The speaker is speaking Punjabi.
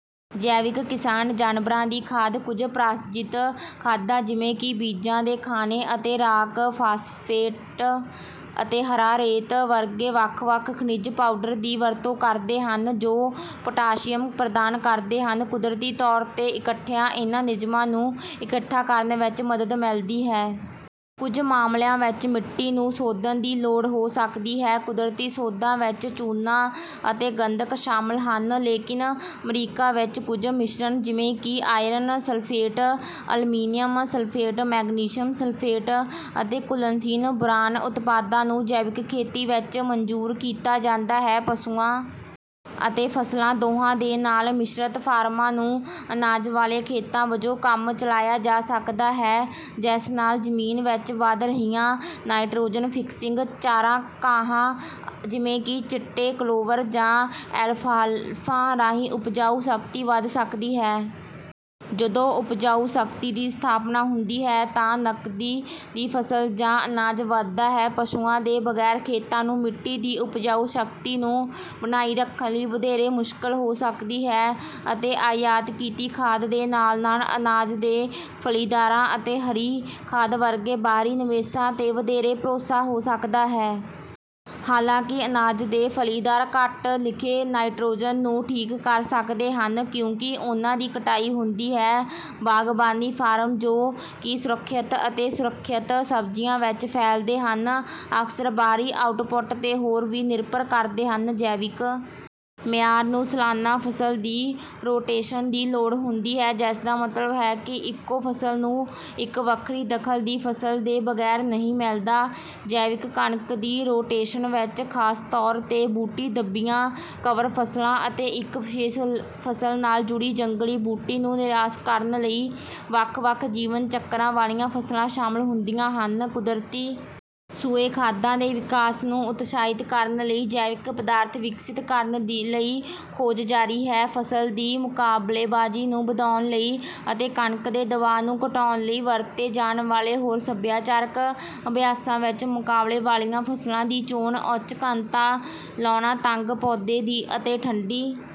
ਜੈਵਿਕ ਕਿਸਾਨ ਜਾਨਵਰਾਂ ਦੀ ਖਾਦ, ਕੁਝ ਪ੍ਰਾਸਜਿਤ ਖਾਦਾਂ, ਜਿਵੇਂ ਕਿ ਬੀਜਾਂ ਦੇ ਖਾਣੇ ਅਤੇ ਰਾਕ ਫਾਸਫੇਟ, ਅਤੇ ਹਰਾ ਰੇਤ ਵਰਗੇ ਵੱਖ-ਵੱਖ ਖਣਿਜ ਪਾਊਂਡਰ ਦੀ ਵਰਤੋਂ ਕਰਦੇ ਹਨ, ਜੋ ਪੋਟਾਸ਼ੀਅਮ ਪ੍ਰਦਾਨ ਕਰਦੇ ਹਨ। ਕੁਦਰਤੀ ਤੌਰ 'ਤੇ ਇਕੱਠਿਆਂ, ਇਨ੍ਹਾਂ ਨਿਯਮਾਂ ਨੂੰ ਇਕੱਠਾ ਕਰਨ ਵਿੱਚ ਮਦਦ ਮਿਲਦੀ ਹੈ। ਕੁਝ ਮਾਮਲਿਆਂ ਵਿੱਚ ਮਿੱਟੀ ਨੂੰ ਸੋਧਣ ਦੀ ਲੋੜ ਹੋ ਸਕਦੀ ਹੈ। ਕੁਦਰਤੀ ਸੋਧਾਂ ਵਿੱਚ ਚੂਨਾ ਅਤੇ ਗੰਧਕ ਸ਼ਾਮਲ ਹਨ, ਲੇਕਿਨ ਅਮਰੀਕਾ ਵਿੱਚ ਕੁਝ ਮਿਸ਼ਰਣ, ਜਿਵੇਂ ਕਿ iron sulphate, aluminium sulphate, magnesium sulphate ਅਤੇ ਘੁਲਣਸ਼ੀਲ ਬੋਰਾਨ ਉਤਪਾਦਾਂ ਨੂੰ ਜੈਵਿਕ ਖੇਤੀ ਵਿੱਚ ਮਨਜ਼ੂਰ ਕੀਤਾ ਜਾਂਦਾ ਹੈ। ਪਸ਼ੂਆਂ ਅਤੇ ਫ਼ਸਲਾਂ ਦੋਹਾਂ ਦੇ ਨਾਲ ਮਿਸ਼ਰਤ ਫਾਰਮਾਂ ਨੂੰ ਅਨਾਜ ਵਾਲੇ ਖੇਤਾਂ ਵਜੋਂ ਕੰਮ ਚਲਾਇਆ ਜਾ ਸਕਦਾ ਹੈ, ਜਿਸ ਨਾਲ ਜ਼ਮੀਨ ਵਿੱਚ ਵਧ ਰਹੀਆਂ ਨਾਈਟ੍ਰੋਜਨ-ਫਿਕਸਿੰਗ ਚਾਰਾ ਘਾਹਾਂ, ਜਿਵੇਂ ਕਿ ਚਿੱਟੇ ਕਲੋਵਰ ਜਾਂ ਐਲਫਾਲਫਾ, ਰਾਹੀਂ ਉਪਜਾਊ ਸ਼ਕਤੀ ਵਧ ਸਕਦੀ ਹੈ। ਜਦੋਂ ਉਪਜਾਊ ਸ਼ਕਤੀ ਦੀ ਸਥਾਪਨਾ ਹੁੰਦੀ ਹੈ, ਤਾਂ ਨਕਦੀ ਦੀ ਫ਼ਸਲ ਜਾਂ ਅਨਾਜ ਵਧਦਾ ਹੈ। ਪਸ਼ੂਆਂ ਦੇ ਬਗੈਰ ਖੇਤਾਂ ਨੂੰ ਮਿੱਟੀ ਦੀ ਉਪਜਾਊ ਸ਼ਕਤੀ ਨੂੰ ਬਣਾਈ ਰੱਖਣ ਲਈ ਵਧੇਰੇ ਮੁਸ਼ਕਲ ਹੋ ਸਕਦੀ ਹੈ ਅਤੇ ਆਯਾਤ ਕੀਤੀ ਖਾਦ ਦੇ ਨਾਲ-ਨਾਲ ਅਨਾਜ ਦੇ ਫਲ਼ੀਦਾਰਾਂ ਅਤੇ ਹਰੀ ਖਾਦ ਵਰਗੇ ਬਾਹਰੀ ਨਿਵੇਸ਼ਾਂ 'ਤੇ ਵਧੇਰੇ ਭਰੋਸਾ ਹੋ ਸਕਦਾ ਹੈ। ਹਾਲਾਂਕਿ, ਅਨਾਜ ਦੇ ਫਲ਼ੀਦਾਰ ਘੱਟ ਲਿਖੇ ਨਾਈਟ੍ਰੋਜਨ ਨੂੰ ਠੀਕ ਕਰ ਸਕਦੇ ਹਨ, ਕਿਉਂਕਿ ਉਹਨਾਂ ਦੀ ਕਟਾਈ ਹੁੰਦੀ ਹੈ। ਬਾਗਬਾਨੀ ਫਾਰਮ, ਜੋ ਕਿ ਸੁਰੱਖਿਅਤ ਅਤੇ ਸੁਰੱਖਿਅਤ ਸਬਜ਼ੀਆਂ ਵਿੱਚ ਫੈਲਦੇ ਹਨ, ਅਕਸਰ ਬਾਹਰੀ ਆਉਟਪੁੱਟ 'ਤੇ ਹੋਰ ਵੀ ਨਿਰਭਰ ਕਰਦੇ ਹਨ। ਜੈਵਿਕ ਮਿਆਰ ਨੂੰ ਸਾਲਾਨਾ ਫ਼ਸਲ ਦੀ ਰੋਟੇਸ਼ਨ ਦੀ ਲੋੜ ਹੁੰਦੀ ਹੈ, ਜਿਸਦਾ ਮਤਲਬ ਹੈ ਕਿ ਇੱਕੋ ਫ਼ਸਲ ਨੂੰ ਇੱਕ ਵੱਖਰੀ, ਦਖ਼ਲ ਦੀ ਫ਼ਸਲ ਦੇ ਬਗੈਰ ਨਹੀਂ ਮਿਲਦਾ। ਜੈਵਿਕ ਕਣਕ ਦੀ ਰੋਟੇਸ਼ਨ ਵਿੱਚ ਖ਼ਾਸ ਤੌਰ 'ਤੇ ਬੂਟੀ-ਦੱਬੀਆਂ ਕਵਰ ਫ਼ਸਲਾਂ ਅਤੇ ਇੱਕ ਵਿਸ਼ੇਸ਼ ਫ਼ਸਲ ਨਾਲ ਜੁੜੀ ਜੰਗਲੀ ਬੂਟੀ ਨੂੰ ਨਿਰਾਸ਼ ਕਰਨ ਲਈ ਵੱਖ-ਵੱਖ ਜੀਵਨ ਚੱਕਰਾਂ ਵਾਲੀਆਂ ਫ਼ਸਲਾਂ ਸ਼ਾਮਲ ਹੁੰਦੀਆਂ ਹਨ। ਕੁਦਰਤੀ ਸੂਏ ਖਾਦਾਂ ਦੇ ਵਿਕਾਸ ਨੂੰ ਉਤਸ਼ਾਹਿਤ ਕਰਨ ਲਈ ਜੈਵਿਕ ਪਦਾਰਥ ਵਿਕਸਤ ਕਰਨ ਲਈ ਖੋਜ ਜਾਰੀ ਹੈ। ਫ਼ਸਲ ਦੀ ਮੁਕਾਬਲੇਬਾਜ਼ੀ ਨੂੰ ਵਧਾਉਣ ਲਈ ਅਤੇ ਕਣਕ ਦੇ ਦਬਾਅ ਨੂੰ ਘਟਾਉਣ ਲਈ ਵਰਤੇ ਜਾਣ ਵਾਲੇ ਹੋਰ ਸੱਭਿਆਚਾਰਕ ਅਭਿਆਸਾਂ ਵਿੱਚ ਮੁਕਾਬਲੇ ਵਾਲੀਆਂ ਫ਼ਸਲਾਂ ਦੀ ਚੋਣ, ਉੱਚ ਘਣਤਾ ਲਾਉਣਾ, ਤੰਗ ਪੌਦੇ ਅਤੇ ਠੰਢੀ...